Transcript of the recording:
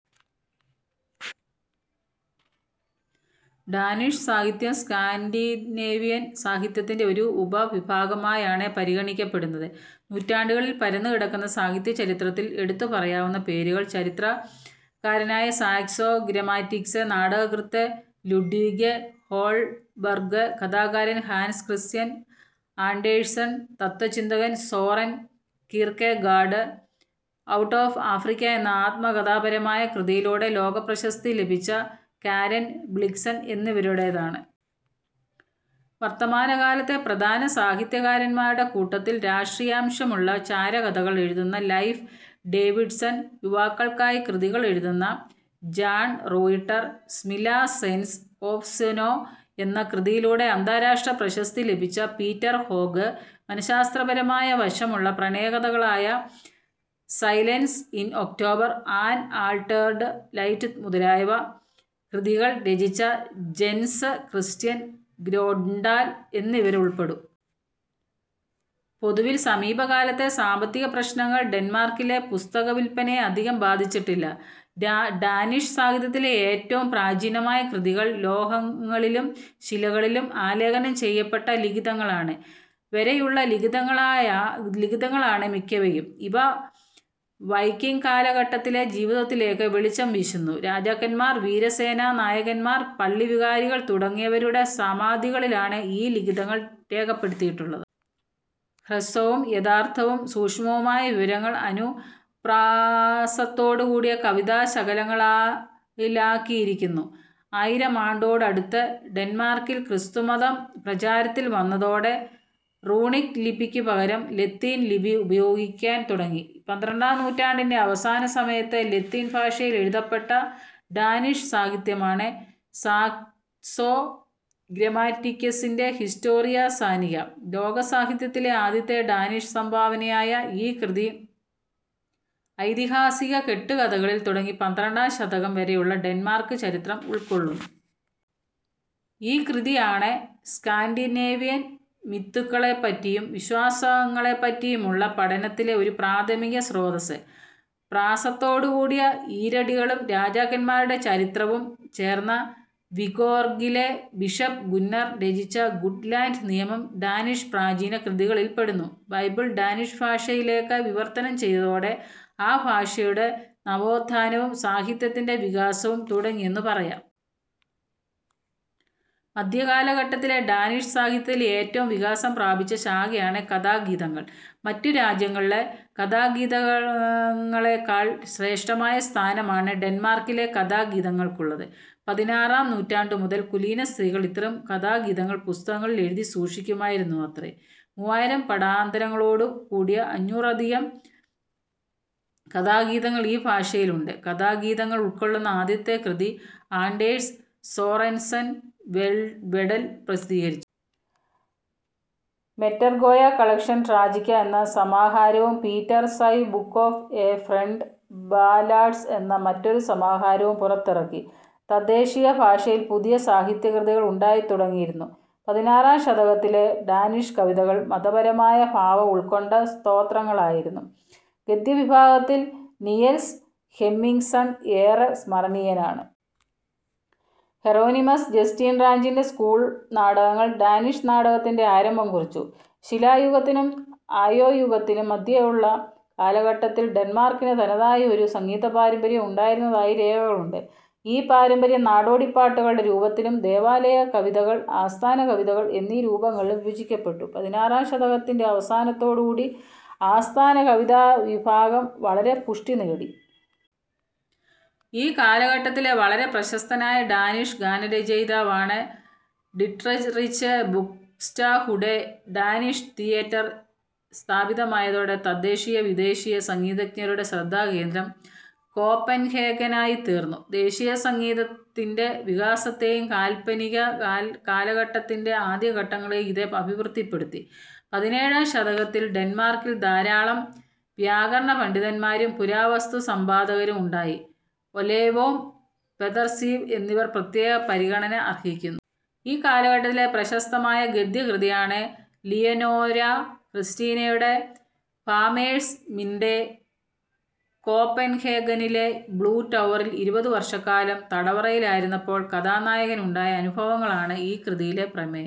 Danish സാഹിത്യം Scandinavian സാഹിത്യത്തിൻ്റെ ഒരു ഉപവിഭാഗമായാണ് പരിഗണിക്കപ്പെടുന്നത്. നൂറ്റാണ്ടുകളിൽ പരന്നുകിടക്കുന്ന സാഹിത്യചരിത്രത്തിൽ എടുത്തു പറയാവുന്ന പേരുകൾ ചരിത്രകാരനായ സാക്സോ ഗ്രമാറ്റിക്കസ്, നാടകകൃത്ത് ലുഡ്വിഗ് ഹോൾബർഗ്, കഥാകാരൻ ഹാൻസ് ക്രിസ്ത്യൻ ആൻഡേഴ്സൺ, തത്ത്വചിന്തകൻ Soren Kierkegaard, out of Africa എന്ന ആത്മകഥാപരമായ കൃതിയിലൂടെ ലോകപ്രശസ്തി ലഭിച്ച കാരെൻ ബ്ലിക്സൺ എന്നിവരുടേതാണ്. വർത്തമാനകാലത്തെ പ്രധാന സാഹിത്യകാരന്മാരുടെ കൂട്ടത്തിൽ രാഷ്ട്രീയാംശമുള്ള ചാരകഥകൾ എഴുതുന്ന ലൈഫ് ഡേവിഡ്സൺ, യുവാക്കൾക്കായി കൃതികളെഴുതുന്ന John Reuter, Smilla's sense of snow എന്ന കൃതിയിലൂടെ അന്താരാഷ്ട്രപ്രശസ്തി ലഭിച്ച പീറ്റർ ഹോഗ്, മനഃശാസ്ത്രപരമായ വശമുള്ള പ്രണയകഥകളായ silence in October, an altered light മുതലായ കൃതികൾ രചിച്ച ജെൻസ് ക്രിസ്റ്റ്യൻ ഗ്രോണ്ഡാൽ എന്നിവരുൾപ്പെടും. പൊതുവിൽ സമീപകാലത്തെ സാമ്പത്തിക പ്രശ്നങ്ങൾ ഡെന്മാർക്കിലെ പുസ്തകവിൽപ്പനയെ അധികം ബാധിച്ചിട്ടില്ല. ഡാനിഷ് സാഹിത്യത്തിലെ ഏറ്റവും പ്രാചീനമായ കൃതികൾ ലോഹങ്ങളിലും ശിലകളിലും ആലേഖനം ചെയ്യപ്പെട്ട ലിഖിതങ്ങളാണ്. വരെയുള്ള ലിഖിതങ്ങളാണ് മിക്കവയും. ഇവ വൈക്കിങ് കാലഘട്ടത്തിലെ ജീവിതത്തിലേക്ക് വെളിച്ചം വീശുന്നു. രാജാക്കന്മാർ, വീരസേനാനായകന്മാർ, പള്ളിവികാരികൾ തുടങ്ങിയവരുടെ സമാധികളിലാണ് ഈ ലിഖിതങ്ങൾ രേഖപ്പെടുത്തിയിട്ടുള്ളത്. ഹ്രസ്വവും യഥാർഥവും സൂക്ഷ്മവുമായ വിവരങ്ങൾ അനുപ്രാസത്തോടുകൂടിയ കവിതാ ശകലങ്ങളിലാക്കിയിരിക്കുന്നു. ആയിരാമാണ്ടോടടുത്ത് ഡെന്മാർക്കിൽ ക്രിസ്തുമതം പ്രചാരത്തിൽ വന്നതോടെ റൂണിക് ലിപിക്കു പകരം ലത്തീൻ ലിപി ഉപയോഗിക്കാൻ തുടങ്ങി. പന്ത്രണ്ടാം നൂറ്റാണ്ടിൻ്റെ അവസാനസമയത്ത് ലത്തീൻ ഭാഷയിലെഴുതപ്പെട്ട ഡാനിഷ് സാഹിത്യമാണ്, സാക്സോ ഗ്രമാറ്റിക്കസിൻ്റെ ഹിസ്റ്റോറിയ സാനിക. ലോകസാഹിത്യത്തിലെ ആദ്യത്തെ ഡാനിഷ് സംഭാവനയായ ഈ കൃതി ഐതിഹാസിക കെട്ടുകഥകളിൽ തുടങ്ങി പന്ത്രണ്ടാം ശതകം വരെയുള്ള ഡെന്മാർക്ക് ചരിത്രം ഉൾക്കൊള്ളുന്നു. ഈ കൃതിയാണ് സ്കാൻഡിനേവിയൻ മിത്തുകളെപ്പറ്റിയും വിശ്വാസങ്ങളെപ്പറ്റിയുമുള്ള പഠനത്തിലെ ഒരു പ്രാഥമിക സ്രോതസ്സ്. പ്രാസത്തോടു കൂടിയ ഈരടികളും രാജാക്കന്മാരുടെ ചരിത്രവും ചേർന്ന വിബോർഗിലെ ബിഷപ്പ് ഗുന്നർ രചിച്ച ജുട്ട്ലാൻഡ് നിയമം ഡാനിഷ് പ്രാചീന കൃതികളിൽപ്പെടുന്നു. ബൈബിൾ ഡാനിഷ് ഭാഷയിലേക്ക് വിവർത്തനം ചെയ്തതോടെ ആ ഭാഷയുടെ നവോത്ഥാനവും സാഹിത്യത്തിൻ്റെ വികാസവും തുടങ്ങിയെന്നു പറയാം. മദ്ധ്യകാലഘട്ടത്തിലെ ഡാനിഷ് സാഹിത്യത്തിൽ ഏറ്റവും വികാസം പ്രാപിച്ച ശാഖയാണ് കഥാഗീതങ്ങൾ. മറ്റു രാജ്യങ്ങളിലെ കഥാഗീതങ്ങളെക്കാൾ ശ്രേഷ്ഠമായ സ്ഥാനമാണ് ഡെന്മാർക്കിലെ കഥാഗീതങ്ങൾക്കുള്ളത്. പതിനാറാം നൂറ്റാണ്ടു മുതൽ കുലീന സ്ത്രീകൾ ഇത്തരം കഥാഗീതങ്ങൾ പുസ്തകങ്ങളിൽ എഴുതി സൂക്ഷിക്കുമായിരുന്നുവത്രേ. മൂവായിരം പാഠാന്തരങ്ങളോടു കൂടിയ അഞ്ഞൂറിലധികം കഥാഗീതങ്ങൾ ഈ ഭാഷയിലുണ്ട്. കഥാഗീതങ്ങൾ ഉൾക്കൊള്ളുന്ന ആദ്യത്തെ കൃതി ആൻഡേഴ്സ് സോറൻസൻ വെഡൽ പ്രസിദ്ധീകരിച്ചു. മെറ്റെർ ഗോയ കളക്ഷൻ ട്രാജിക്ക എന്ന സമാഹാരവും Peter Syv book of a friend ballads എന്ന മറ്റൊരു സമാഹാരവും പുറത്തിറക്കി. തദ്ദേശീയ ഭാഷയിൽ പുതിയ സാഹിത്യകൃതികൾ ഉണ്ടായിത്തുടങ്ങിയിരുന്നു. പതിനാറാം ശതകത്തിലെ ഡാനിഷ് കവിതകൾ മതപരമായ ഭാവം ഉൾക്കൊണ്ട സ്തോത്രങ്ങളായിരുന്നു. ഗദ്യവിഭാഗത്തിൽ നിയൽസ് ഹെമ്മിങ്സൺ ഏറെ സ്മരണീയനാണ്. ഹെറോനിമസ് ജസ്റ്റീൻ റാഞ്ചിൻ്റെ സ്കൂൾ നാടകങ്ങൾ ഡാനിഷ് നാടകത്തിൻ്റെ ആരംഭം കുറിച്ചു. ശിലായുഗത്തിനും അയോയുഗത്തിനും മധ്യേയുള്ള കാലഘട്ടത്തിൽ ഡെന്മാർക്കിന് തനതായ ഒരു സംഗീത പാരമ്പര്യം ഉണ്ടായിരുന്നതായി രേഖകളുണ്ട്. ഈ പാരമ്പര്യം നാടോടിപ്പാട്ടുകളുടെ രൂപത്തിലും ദേവാലയ കവിതകൾ, ആസ്ഥാന കവിതകൾ എന്നീ രൂപങ്ങളിലും വിഭജിക്കപ്പെട്ടു. പതിനാറാം ശതകത്തിൻ്റെ അവസാനത്തോടു കൂടി ആസ്ഥാന കവിതാ വിഭാഗം വളരെ പുഷ്ടി നേടി. ഈ കാലഘട്ടത്തിലെ വളരെ പ്രശസ്തനായ ഡാനിഷ് ഗാനരചയിതാവാണ് ഡിട്രറിച്ച് ബുക്സ്റ്റെഹുഡെ. ഡാനിഷ് തിയേറ്റർ സ്ഥാപിതമായതോടെ തദ്ദേശീയ വിദേശീയ സംഗീതജ്ഞരുടെ ശ്രദ്ധാകേന്ദ്രം കോപ്പൻഹേഗനായിത്തീർന്നു. ദേശീയ സംഗീതത്തിൻ്റെ വികാസത്തേയും കാൽപ്പനിക കാലഘട്ടത്തിൻ്റെ ആദ്യഘട്ടങ്ങളേയും ഇത് അഭിവൃദ്ധിപ്പെടുത്തി. പതിനേഴാം ശതകത്തിൽ ഡെന്മാർക്കിൽ ധാരാളം വ്യാകരണപണ്ഡിതന്മാരും പുരാവസ്തു സമ്പാദകരും ഉണ്ടായി. ഒലെവോം, പെദർസീവ് എന്നിവർ പ്രത്യേക പരിഗണന അർഹിക്കുന്നു. ഈ കാലഘട്ടത്തിലെ പ്രശസ്തമായ ഗദ്യകൃതിയാണ് ലിയനോരാ ക്രിസ്റ്റീനയുടെ ഫാമേഴ്സ് മിൻഡേ. കോപ്പൻഹേഗനിലെ ബ്ലൂ ടവറിൽ ഇരുപത് വർഷക്കാലം തടവറയിലായിരുന്നപ്പോൾ കഥാനായകന് ഉണ്ടായ അനുഭവങ്ങളാണ് ഈ കൃതിയിലെ പ്രമേയം.